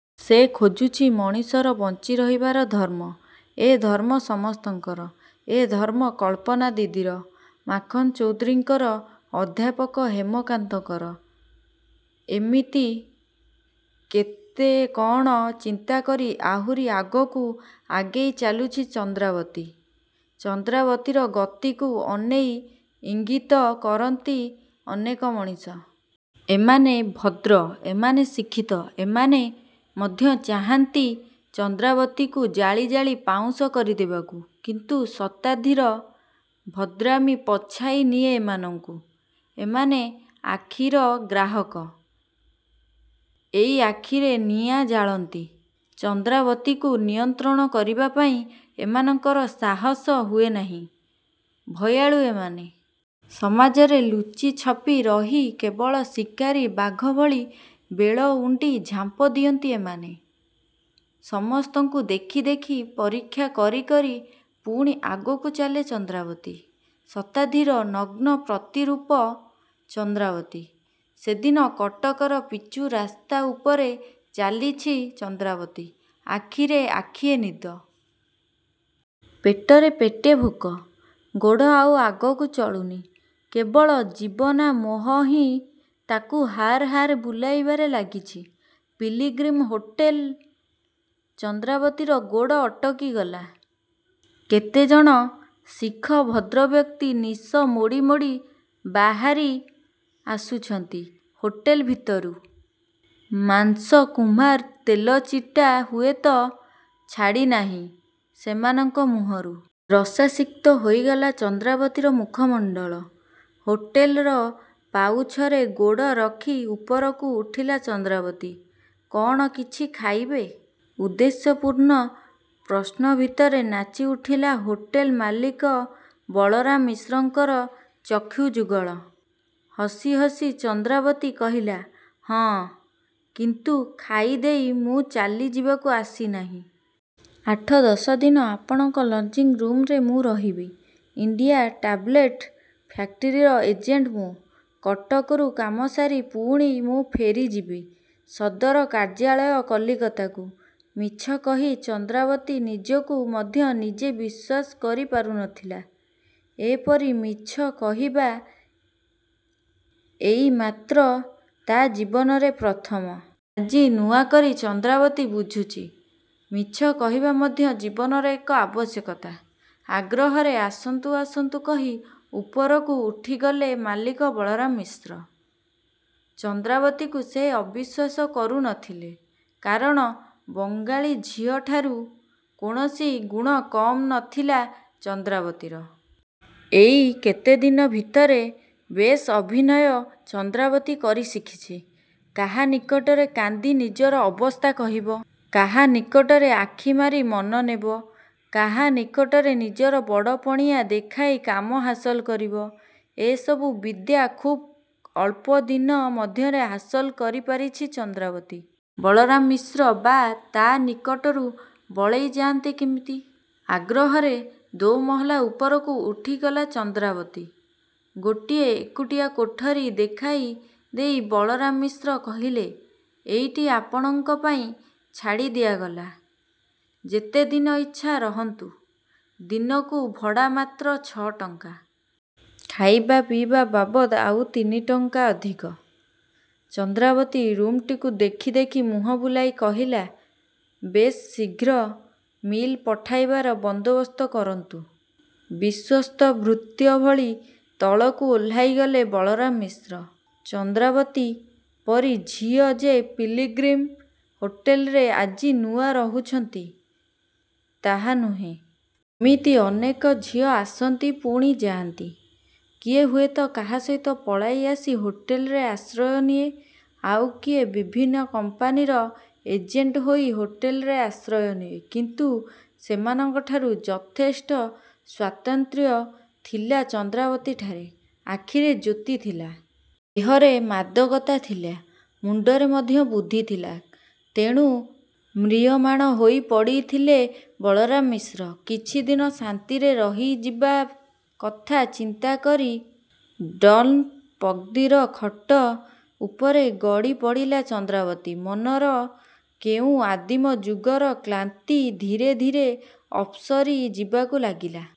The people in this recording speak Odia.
ସେ ଖୋଜୁଛି ମଣିଷର ବଞ୍ଚି ରହିବାର ଧର୍ମ। ଏ ଧର୍ମ ସମସ୍ତଙ୍କର। ଏ ଧର୍ମ କଳ୍ପନା ଦିଦିର, ମାଖନ୍ ଚୌଧୁରୀଙ୍କର ଅଧ୍ୟାପକ ହେମକାନ୍ତଙ୍କର। ଏମିତି କେତେ କ'ଣ ଚିନ୍ତା କରି ଆହୁରି ଆଗକୁ ଆଗେଇ ଚାଲୁଛି ଚନ୍ଦ୍ରାବତୀ। ଚନ୍ଦ୍ରାବତୀର ଗତିକୁ ଅନେଇ ଇଙ୍ଗୀତ କରନ୍ତି ଅନେକ ମଣିଷ। ଏମାନେ ଭଦ୍ର, ଏମାନେ ଶିକ୍ଷିତ। ଏମାନେ ମଧ୍ୟ ଚାହାଁନ୍ତି ଚନ୍ଦ୍ରାବତୀକୁ ଜାଳି ଜାଳି ପାଉଁଶ କରିଦେବାକୁ। କିନ୍ତୁ.. ଶତାବ୍ଦୀର ଭଦ୍ରାମୀ ପଛାଇ ନିଏ ଏମାନଙ୍କୁ। ଏମାନେ ଆଖିର ଗ୍ରାହକ। ଏଇ ଆଖିରେ ନିଆଁ ଜାଳନ୍ତି। ଚନ୍ଦ୍ରାବତୀକୁ ନିମନ୍ତ୍ରଣ କରିବା ପାଇଁ ଏମାନଙ୍କର ସାହସ ହୁଏନାହିଁ, ଭୟାଳୁ ଏମାନେ। ସମାଜରେ ଲୁଚି ଛପି ରହି କେବଳ ଶିକାରୀ ବାଘ ଭଳି ବେଳ ଉଣ୍ଡି ଝାମ୍ପ ଦିଅନ୍ତି ଏମାନେ। ସମସ୍ତଙ୍କୁ ଦେଖି ଦେଖି ପରୀକ୍ଷା କରି କରି ପୁଣି ଆଗକୁ ଚାଲେ ଚନ୍ଦ୍ରାବତୀ। ଶତାବ୍ଦୀର ନଗ୍ନ ପ୍ରତିରୂପ ଚନ୍ଦ୍ରାବତୀ ସେଦିନ କଟକର ପିଚୁ ରାସ୍ତା ଉପରେ ଚାଲିଛି ଚନ୍ଦ୍ରାବତୀ ଆଖିରେ ଆଖିଏ ନିଦ ପେଟରେ ପେଟେ ଭୋକ, ଗୋଡ଼ ଆଉ ଆଗକୁ ଚଳୁନି। କେବଳ ଜୀବନା ମୋହ ହିଁ ତାକୁ ହାର ହାର ବୁଲାଇବାରେ ଲାଗିଛି। ପିଲ୍ଗ୍ରିମ୍ ହୋଟେଲ ଚନ୍ଦ୍ରାବତୀର ଗୋଡ଼ ଅଟକିଗଲା କେତେ ଜଣ ଶିଖ ଭଦ୍ରବ୍ୟକ୍ତି ନିଶ ମୋଡ଼ି ମୋଡ଼ି ବାହାରି ଆସୁଛନ୍ତି ହୋଟେଲ ଭିତରୁ-। ମାଂସ କୁର୍ମାର ତେଲଚିଟା ହୁଏତ ଛାଡ଼ିନାହିଁ ସେମାନଙ୍କ ମୁହଁରୁ। ରସାସିକ୍ତ ହୋଇଗଲା ଚନ୍ଦ୍ରାବତୀର ମୁଖମଣ୍ଡଳ। ହୋଟେଲର ପାଉଛରେ ଗୋଡ଼ ରଖି ଉପରକୁ ଉଠିଲା ଚନ୍ଦ୍ରାବତୀ ''କ'ଣ କିଛି ଖାଇବେ? '' ଉଦ୍ଦେଶ୍ୟପୂର୍ଣ୍ଣ ପ୍ରଶ୍ନ ଭିତରେ ନାଚିଉଠିଲା ହୋଟେଲ ମାଲିକ ବଳରାମ ମିଶ୍ରଙ୍କର ଚକ୍ଷୁ ଯୁଗଳ। ହସି ହସି ଚନ୍ଦ୍ରାବତୀ କହିଲା ''ହଁ, କିନ୍ତୁ ଖାଇଦେଇ ମୁଁ ଚାଲିଯିବାକୁ ଆସିନାହିଁ। ଆଠ ଦଶ ଦିନ ଆପଣଙ୍କ ଲଜିଂ ରୁମ୍ରେ ମୁଁ ରହିବି। ଇଣ୍ଡିଆ ଟାବ୍ଲେଟ୍ ଫ୍ୟାକ୍ଟାରୀର ଏଜେଣ୍ଟ୍ ମୁଁ। କଟକରୁ କାମସାରି ପୁଣି ମୁଁ ଫେରିଯିବି ସଦର କାର୍ଯ୍ୟାଳୟ କଲିକତାକୁ। '' ମିଛ କହି ଚନ୍ଦ୍ରାବତୀ ନିଜକୁ ମଧ୍ୟ ନିଜେ ବିଶ୍ୱାସ କରି ପାରୁ ନଥିଲା। ଏପରି ମିଛ କହିବା ଏଇ ମାତ୍ର ତା' ଜୀବନରେ ପ୍ରଥମ। ଆଜି ନୂଆ କରି ଚନ୍ଦ୍ରାବତୀ ବୁଝୁଛି ମିଛ କହିବା ମଧ୍ୟ ଜୀବନର ଏକ ଆବଶ୍ୟକତା। ଆଗ୍ରହରେ ଆସନ୍ତୁ ଆସନ୍ତୁ କହି ଉପରକୁ ଉଠିଗଲେ ମାଲିକ ବଳରାମ ମିଶ୍ର। ଚନ୍ଦ୍ରାବତୀକୁ ସେ ଅବିଶ୍ୱାସ କରୁ ନ ଥିଲେ। କାରଣ, ବଙ୍ଗାଳୀ ଝିଅଠାରୁ କୌଣସି ଗୁଣ କମ୍ ନ ଥିଲା ଚନ୍ଦ୍ରାବତୀର। ଏଇ କେତେଦିନ ଭିତରେ ବେଶ୍ ଅଭିନୟ ଚନ୍ଦ୍ରାବତୀ କରି ଶିଖିଛି। କାହା ନିକଟରେ କାନ୍ଦି ନିଜର ଅବସ୍ଥା କହିବ କାହା ନିକଟରେ ଆଖି ମାରି ମନ ନେବ କାହା ନିକଟରେ ନିଜର ବଡ଼ପଣିଆଁ ଦେଖାଇ କାମ ହାସଲ କରିବ ଏସବୁ ବିଦ୍ୟା ଖୁବ୍ଅଳ୍ପ ଦିନ ମଧ୍ୟରେ ହାସଲ କରି ପାରିଛି ଚନ୍ଦ୍ରାବତୀ। ବଳରାମ ମିଶ୍ର ବା ତା' ନିକଟରୁ ବଳେଇ ଯାଆନ୍ତେ କେମିତି? ଆଗ୍ରହରେ ଦୋ'ମହଲା ଉପରକୁ ଉଠିଗଲା ଚନ୍ଦ୍ରାବତୀ। ଗୋଟିଏ ଏକୁଟିଆ କୋଠରୀ ଦେଖାଇ ଦେଇ ବଳରାମ ମିଶ୍ର କହିଲେ-''ଏଇଟି ଆପଣଙ୍କ ପାଇଁ ଛାଡ଼ି ଦିଆଗଲା, ଯେତେ ଦିନ ଇଚ୍ଛା ରହନ୍ତୁ। ଦିନକୁ ଭଡ଼ା ମାତ୍ର ଛଅ ଟଙ୍କା। ଖାଇବା ପିଇବା ବାବଦ୍ ଆଉ ତିନି ଟଙ୍କା ଅଧିକ। '' ଚନ୍ଦ୍ରାବତୀ ରୁମ୍ଟିକୁ ଦେଖି ଦେଖି ମୁହଁ ବୁଲାଇ କହିଲା-''ବେଶ୍ ଶୀଘ୍ର ମିଲ୍ ପିଠାଇବାର ବନ୍ଦୋବସ୍ତ କରନ୍ତୁ। '' ବିଶ୍ୱସ୍ତ ଭୃତ୍ୟ ଭଳି ତଳକୁ ଓହ୍ଳାଇଗଲେ ବଳରାମ ମିଶ୍ର। ଚନ୍ଦ୍ରାବତୀ ପରି ଝିଅ ଯେ ପିଲ୍ଗ୍ରିମ ହୋଟେଲରେ ଆଜି ନୂଆ ରହୁଛନ୍ତି, ତା' ନୁହେଁ। ଏମିତି ଅନେକ ଝିଅ ଆସନ୍ତି ପୁଣି ଯାଆନ୍ତି। କିଏ ହୁଏତ କାହା ସହିତ ପଳାଇ ଆସି ହୋଟେଲରେ ଆଶ୍ରୟ ନିଏ। ଆଉ କିଏ ବିଭିନ୍ନ କମ୍ପାନୀର ଏଜେଣ୍ଟ ହୋଇ ହୋଟଲରେ ଆଶ୍ରୟ ନିଏ। କିନ୍ତୁ ସେମାନଙ୍କଠାରୁ ଯଥେଷ୍ଟ ସ୍ୱାତନ୍ତ୍ର୍ୟ ଥିଲା ଚନ୍ଦ୍ରାବତୀଠାରେ। ଆଖିରେ ଜ୍ୟୋତି ଥିଲା ଦେହରେ ମାଦକତା ଥିଲା ମୁଣ୍ଡରେ ମଧ୍ୟ ବୁଦ୍ଧି ଥିଲା। ତେଣୁ ମ୍ରିୟମାଣ ହୋଇ ପଡ଼ିଥିଲେ ବଳରାମ ମିଶ୍ର। କିଛିଦିନ ଶାନ୍ତିରେ ରହିଯିବା କଥା ଚିନ୍ତା କରି ଡନ୍ଲପ୍ଗଦିର ଖଟ ଉପରେ ଗଡ଼ି ପଡ଼ିଲା ଚନ୍ଦ୍ରାବତୀ। ମନର କେଉଁ ଆଦିମ ଯୁଗର କ୍ଲାନ୍ତି ଧୀରେ ଧୀରେ ଅପସରି ଯିବାକୁ ଲାଗିଲା।